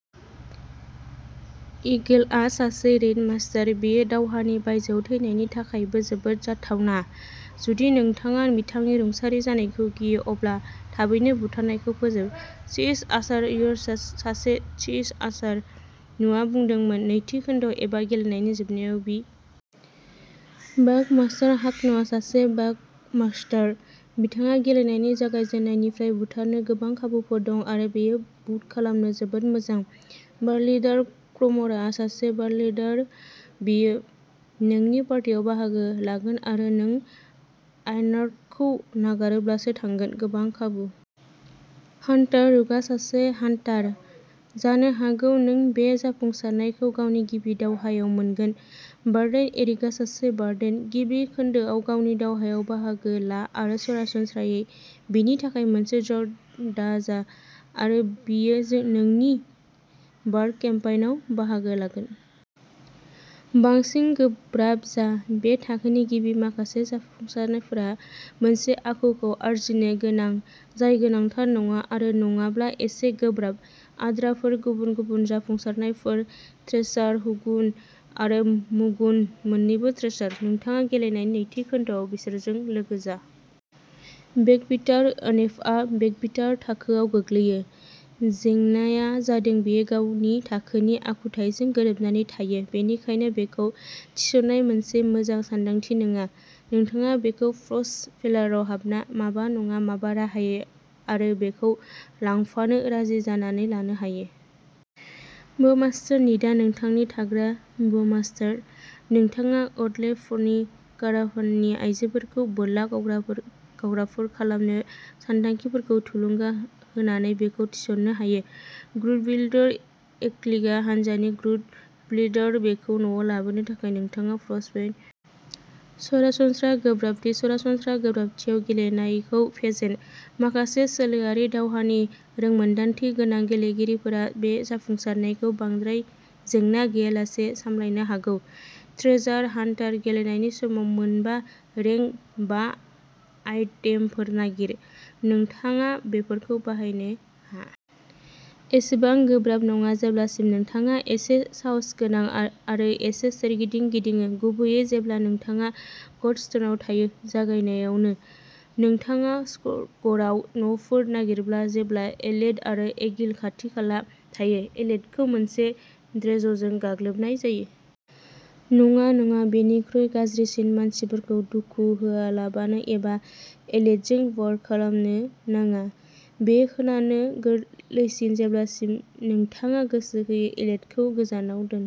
एगिलआ सासे रेइड मास्टार। बियो दावहानि बायजोआव थैनायनि थाखायबो जोबोद जाथावना। जुदि नोंथाङा बिथांनि रुंसारि जानायखौ गियो, अब्ला थाबैनो बुथारनायखौ फोजोब। सीज आर्चार-यर्साआ सासे सीज आर्चार। नुवा बुंदोंमोन नैथि खोन्दोआव एबा गेलेनायनि जोबनायाव वार्मास्टार-हाक'नआ सासे वार्मास्टार। बिथाङा गेलेनायनि जागायजेन्नायनिफ्राय बुथारनो गोबां खाबुफोर दं, आरो बियो बुट खालामनो जोबोद मोजां। वारलिडार-क्रमरआ सासे वारलिडार। बियो नोंनि पार्टियाव बाहागो लागोन आरो नों आइनार्टखौ नागारोब्लासो थांगोन। गोबां खाबु हान्टार-रुकआ सासे हान्टार। जानो हागौ नों बे जाफुंसारनायखौ गावनि गिबि दावहायाव मोनगोन। वार्डेन-एरिकआ सासे वार्डेन। गिबि खोन्दोआव गावनि दावहायाव बाहागो ला आरो सरासनस्रायै बिनि थाखाय मोनसे जार्क दाजा आरो बियो नोंनि वार्ल केम्पेइनआव बाहागो लागोन। बांसिन गोब्राब जा। बे थाखोनि गिबि माखासे जाफुंसारनायफोरा मोनसे आखुखौ आरजिनो गोनां, जाय गोनांथार नङा, आरो नङाब्ला एसे गोब्राब। आद्राफोर गुबुन गुबुन जाफुंसारनायफोर। थ्रेसार-हगुन आरो मगुन मोननैबो थ्रेसार। नोंथाङा गेलेनायनि नैथि खोन्दोआव बिसोरजों लोगो जा बेकबिटार-ओनेफआ बेकबिटार थाखोआव गोग्लैयो। जेंनाआ जादों, बियो गावनि थाखोनि आखुथाइजों गोरोबनानै थायो, बेनिखायनो बिखौ थिसननाय‌ मोनसे मोजां सानदांथि नङा। नोंथाङा बिखौ फ्रस्टभेलराव हाबना, माबा नङा माबा राहायै, आरो बिखौ लांफानो राजि जानानै लानो हायो। ब'मास्टार-निडआ नोंथांनि थाग्रा ब'मास्टार। नोंथाङा अडलेफनि काराभाननि आयजोफोरखौ बोरला गावग्राफोर खालामनो सानथांखिफोरखौ थुलुंगा होनानै बिखौ थिसननो हायो। ग्रुडगिविल्डार-एककिलआ हानजानि ग्रुडगिविल्डार। बिखौ नावआव लाबोनो थाखाय नोंथाङा फ्रस्टभेलराव सरासनस्रा गोब्राबथि-सरासनस्रा गोब्राबथियाव गेलेनायखौ फेजेन। माखासे सोलोआरि दावहानि रोंमोनदांथि गोनां गेलेगिरिफोरा बे जाफुंसारनायखौ बांद्राय जेंना गैयालासे सामलायनो हागौ। ट्रेजार हान्टार-गेलेनायनि समाव मोनबा रेंक बा आइटेमफोर नागिर। नोंथाङा बेफोरखौ बाहायनो हायो, नोंथाङा बेफोरखौ खावनो हायो, नोंथाङा बेफोरखौ थोंजोङै नागिरनो हायो। एसेबां गोब्राब नङा जेब्लासिम नोंथाङा एसे साहसगोनां आरो एसे सोरगिदिं गिदिङो, गुबैयै जेब्ला नोंथाङा गडस्टोनआव थायो। जागायनायावनो। नोंथाङा स्क'गरआव न'फोर नागिरोब्ला जेब्ला एलेट आरो एगिल खाथि-खाला थायो, एलेटखौ मोनसे ड्रेजजों गाग्लोबनाय जायो नङा, नङा, बेनिख्रुइबो गाज्रिसिन-मानसिफोरखौ दुखु होआलाबानो एबा एलेटजों वार्ल खालामनो नाङा। बे खोनानो गोरलैसिन, जेब्लासिम नोंथाङा गोसो होयो एलेटखौ गोजानाव दोन।